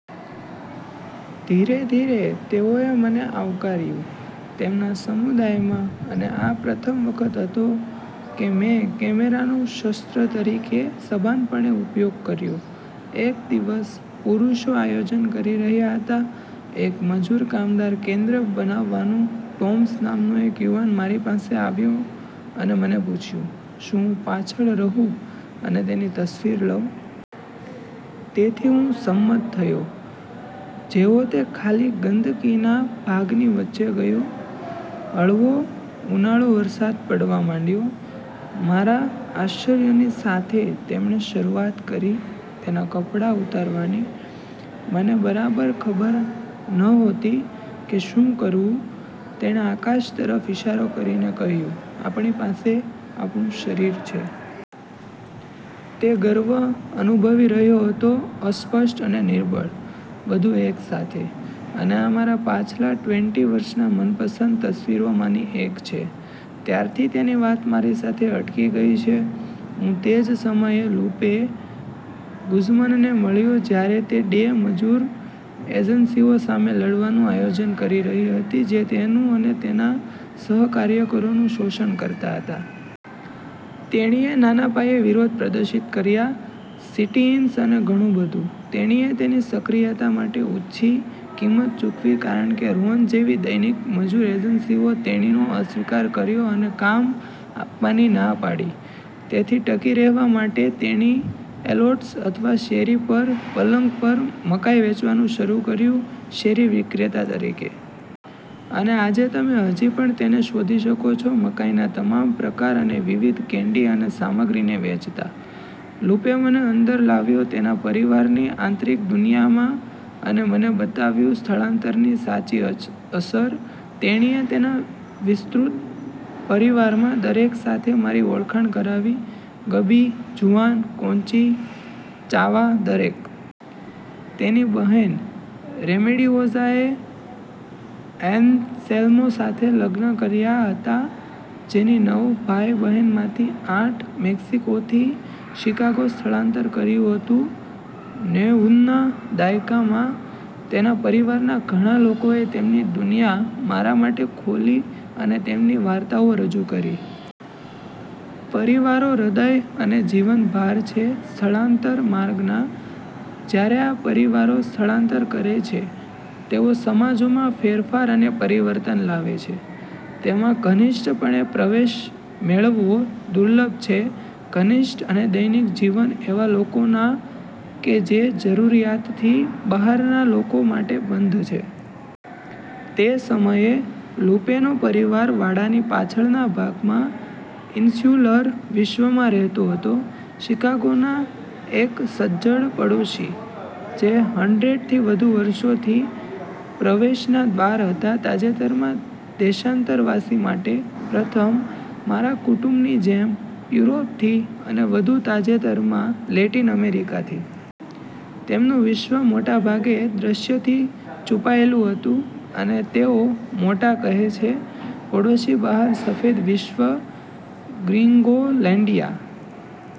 ધીરે ધીરે તેઓએ મને આવકાર્યું તેમના સમુદાયમાં. અને આ પ્રથમ વખત હતો કે મેં કેમેરાનો શસ્ત્ર તરીકે સભાનપણે ઉપયોગ કર્યો. એક દિવસ, પુરુષો આયોજન કરી રહ્યા હતા એક મજૂર કામદાર કેન્દ્ર બનાવવાનું. ટોમ્સ નામનો એક યુવાન મારી પાસે આવ્યો અને મને પૂછ્યું, "શું હું પાછળ રહું અને તેની તસ્વીર લઉં?" તેથી હું સંમત થયો. જેવો તે ખાલી ગંદકીના ભાગની વચ્ચે ગયો, હળવો ઉનાળુ વરસાદ પડવા માંડ્યો. મારા આશ્ચર્યની સાથે તેમણે શરૂઆત કરી તેના કપડાં ઉતારવાની. મને બરાબર ખબર નહોતી કે શું કરવું. તેણે આકાશ તરફ ઇશારો કરીને કહ્યું, "આપણી પાસે આપણું શરીર છે." તે ગર્વ અનુભવી રહ્યો હતો અસ્પષ્ટ અને નિર્બળ, બધું એક સાથે. અને આ મારા પાછલા ટ્વેન્ટી વર્ષનાં મનપસંદ તસ્વીરોમાંની એક છે. ત્યારથી તેની વાત મારી સાથે અટકી ગઈ છે. હું તે જ સમયે લૂપે ગુઝમનને મળ્યો જ્યારે તે ડે મજૂર એજન્સીઓ સામે લડવાનું આયોજન કરી રહી હતી જે તેનું અને તેના સહકાર્યકરોનું શોષણ કરતા હતા. તેણીએ નાના પાયે વિરોધ પ્રદર્શિત કર્યા, સિટી-ઇન્સ અને ઘણું બધું. તેણીએ તેની સક્રિયતા માટે ઉંચી કિંમત ચૂકવી કારણ કે રોન જેવી દૈનિક મજૂર એજન્સીઓ તેણીનો અસ્વિકાર કર્યો અને કામ આપવાની ના પાડી. તેથી ટકી રહેવા માટે તેણી એલોટ્સ અથવા શેરી પર પલંગ પર મકાઈ વેચવાનું શરૂ કર્યું શેરી વિક્રેતા તરીકે. અને આજે તમે હજી પણ તેને શોધી શકો છો મકાઈના તમામ પ્રકાર અને વિવિધ કેન્ડી અને સામગ્રીને વેચતા. લૂપે મને અંદર લાવ્યો તેના પરિવારની આંતરિક દુનિયામાં અને મને બતાવ્યું સ્થળાંતરની સાચી અસર. તેણીએ તેના વિસ્તૃત પરિવારમાં દરેક સાથે મારી ઓળખાણ કરાવી, ગબી, જુઆન, કોંચી, ચાવા, દરેક. તેની બહેન રેમેડિઓઝ। એ એંસેલ્મો સાથે લગ્ન કર્યા હતા જેની નવ ભાઇ બહેનોમાંથી આઠ મેક્સિકોથી શિકાગો સ્થળાંતર કર્યું હતું નેવુંના દાયકામાં. તેના પરિવારના ઘણા લોકોએ તેમની દુનિયા મારા માટે ખોલી અને તેમની વાર્તાઓ રજૂ કરી. પરિવારો હૃદય અને જીવનભાર છે સ્થળાંતર માર્ગના. જ્યારે આ પરિવારો સ્થળાંતર કરે છે, તેઓ સમાજોમાં ફેરફાર અને પરિવર્તન લાવે છે. તેમાં ઘનિષ્ઠપણે પ્રવેશ મેળવવો દુર્લભ છે. ઘનિષ્ઠ અને દૈનિક જીવન એવા લોકોના કે જે જરૂરીયાતથી બહારના લોકો માટે બંધ છે. તે સમયે, લુપેનો પરિવાર વાડાની પાછળના ભાગમાં ઇન્સ્યુલર વિશ્વમાં રહેતો હતો, શિકાગોના એક સજ્જડ પડોશી, જે હન્ડ્રેડ થી વધુ વર્ષોથી પ્રવેશના દ્વાર હતા તાજેતરના દેશાંતરવાસી માટે. પ્રથમ, મારા કુટુંબની જેમ, યુરોપથી, અને વધુ તાજેતરમાં, લેટિન અમેરિકાથી. તેમનું વિશ્વ મોટા ભાગે દૃશ્યથી છુપાયેલું હતું. અને તેઓ મોટા કહે છે, "પડોશી બહાર સફેદ વિશ્વ ગ્રિંગોલેન્ડિયા."